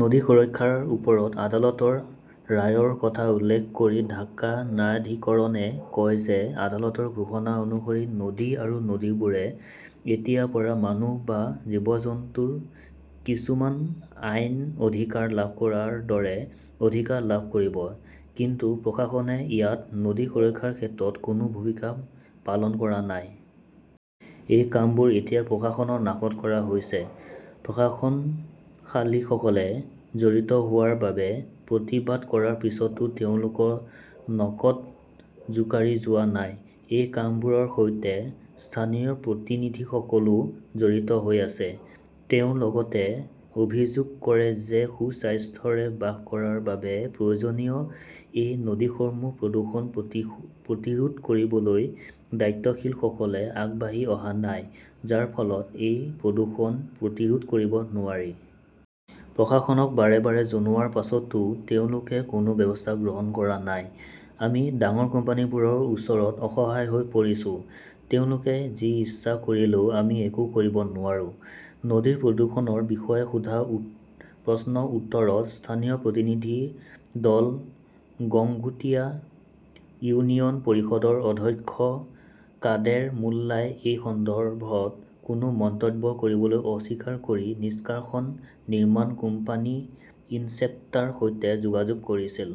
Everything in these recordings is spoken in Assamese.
নদী সুৰক্ষাৰ ওপৰত আদালতৰ ৰায়ৰ কথা উল্লেখ কৰি ঢাকা ন্যায়াধিকৰণে কয় যে আদালতৰ ঘোষণা অনুসৰি নদী আৰু নদীবোৰে এতিয়াৰ পৰা মানুহ বা জীৱ-জন্তুৰ কিছুমান আইনী অধিকাৰ লাভ কৰাৰ দৰে অধিকাৰ লাভ কৰিব। কিন্তু প্ৰশাসনে ইয়াত নদী সুৰক্ষাৰ ক্ষেত্ৰত কোনো ভূমিকা পালন কৰা নাই। এই কামবোৰ এতিয়া প্ৰশাসনৰ নাকত কৰা হৈছে। প্ৰভাৱশালীসকলে জড়িত হোৱাৰ বাবে প্ৰতিবাদ কৰাৰ পিছতো তেওঁলোকৰ টনক জোকাৰি যোৱা নাই। এই কামবোৰৰ সৈতে স্থানীয় প্ৰতিনিধিসকলো জড়িত হৈ আছে। তেওঁ লগতে অভিযোগ কৰে যে সুস্বাস্থ্যৰে বাস কৰাৰ বাবে প্ৰয়োজনীয় এই নদীসমূহৰ প্ৰদূষণ প্ৰতিৰোধ কৰিবলৈ দায়িত্বশীলসকলে আগবাঢ়ি অহা নাই, যাৰ ফলত এই প্ৰদূষণ প্ৰতিৰোধ কৰিব নোৱাৰি। প্ৰশাসনক বাৰে -বাৰে জনোৱাৰ পিছতো তেওঁলোকে কোনো ব্যৱস্থা গ্ৰহণ কৰা নাই। আমি ডাঙৰ কোম্পানীবোৰৰ ওচৰত অসহায় হৈ পৰিছোঁ, তেওঁলোকে যি ইচ্ছা কৰিলেওঁ আমি একো কৰিব নোৱাৰো। নদীৰ প্ৰদূষণৰ বিষয়ে সোধা প্ৰশ্নৰ উত্তৰত স্থানীয় প্ৰতিনিধি দল গংগুটিয়া ইউনিয়ন পৰিষদৰ অধ্যক্ষ কাদেৰ মুল্লাই এই সন্দৰ্ভত কোনো মন্তব্য কৰিবলৈ অস্বীকাৰ কৰি নিষ্কাশন নিৰ্মাণ কোম্পানী ইনচেপ্টাৰ সৈতে যোগাযোগ কৰিছিল।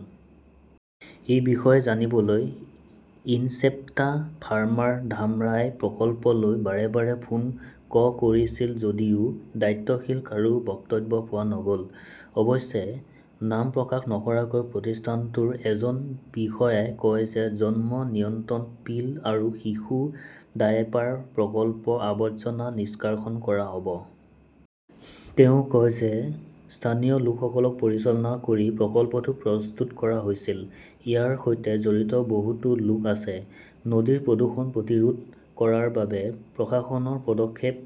এই বিষয়ে জানিবলৈ ইনচেপ্টা ফাৰ্মাৰ ধামৰাই প্ৰকল্পলৈ বাৰে- বাৰে ফোন ককৰিছিল যদিও দায়িত্বশীল কাৰো বক্তব্য পোৱা নগ'ল। অৱশ্যে, নাম প্ৰকাশ নকৰাকৈ প্ৰতিষ্ঠানটোৰ এজন বিষয়াই কয় যে জন্ম নিয়ন্ত্ৰণ পিল আৰু শিশু ডায়েপাৰ প্ৰকল্পৰ আৱৰ্জনা নিষ্কাশন কৰা হ 'ব। তেওঁ কয় যে স্থানীয় লোকসকলক পৰিচালনা কৰি প্ৰকল্পটো প্ৰস্তুত কৰা হৈছিল। ইয়াৰ সৈতে জড়িত বহুতো লোক আছে। নদীৰ প্ৰদূষণ প্ৰতিৰোধ কৰাৰ বাবে প্ৰশাসনৰ পদক্ষেপ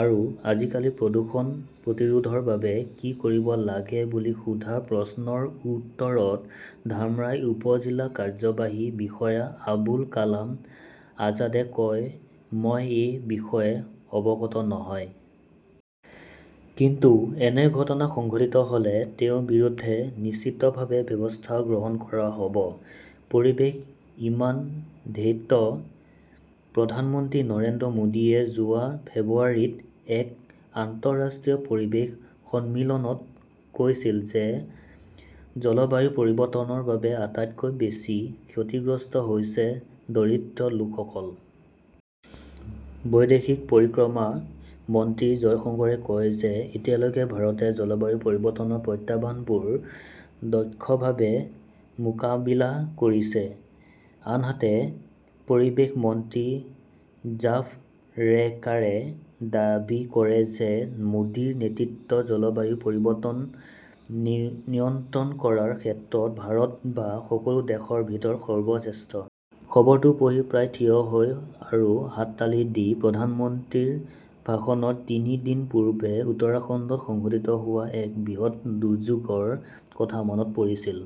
আৰু আজিকালিৰ প্ৰদূষণ প্ৰতিৰোধৰ বাবে কি কৰিব লাগে বুলি সোধা প্ৰশ্নৰ উত্তৰত ধামৰাই উপ-জিলা কাৰ্যবাহী বিষয়া আবুল কালাম আজাদে কয় মই এই বিষয়ে অৱগত নহয়। কিন্তু এনে ঘটনা সংঘটিত হ'লে তেওঁৰ বিৰুদ্ধে নিশ্চিতভাৱে ব্যৱস্থা গ্ৰহণ কৰা হ'ব। পৰিৱেশ ইমান দ্বৈত? প্ৰধানমন্ত্ৰী নৰেন্দ্ৰ মোদীয়ে যোৱা ফেব্ৰুৱাৰীত এক আন্তঃৰাষ্ট্ৰীয় পৰিৱেশ সন্মিলনত কৈছিল যে জলবায়ু পৰিৱৰ্তনৰ বাবে আটাইতকৈ বেছি ক্ষতিগ্ৰস্ত হৈছে দৰিদ্ৰ লোকসকল। বৈদেশিক পৰিক্ৰমা মন্ত্ৰী জয়শংকৰে কয় যে এতিয়ালৈকে ভাৰতে জলবায়ু পৰিৱৰ্তনৰ প্ৰত্যাহ্বানবোৰ দক্ষভাৱে মোকাবিলা কৰিছে, আনহাতে পৰিৱেশ মন্ত্ৰী জাভড়েকাৰে দাবী কৰে যে মোদীৰ নেতৃত্বত জলবায়ু পৰিৱৰ্তন নিয়ন্ত্ৰণ কৰাৰ ক্ষেত্ৰত ভাৰত বা সকলো দেশৰ ভিতৰত সৰ্বশ্ৰেষ্ঠ। খবৰটো পঢ়ি প্ৰায় থিয় হৈ আৰু হাততালি দি প্ৰধানমন্ত্ৰীৰ ভাষণৰ তিনি দিন পূৰ্বে উত্তৰাখণ্ডত সংঘটিত হোৱা এক বৃহৎ দুৰ্যোগৰ কথা মনত পৰিছিল।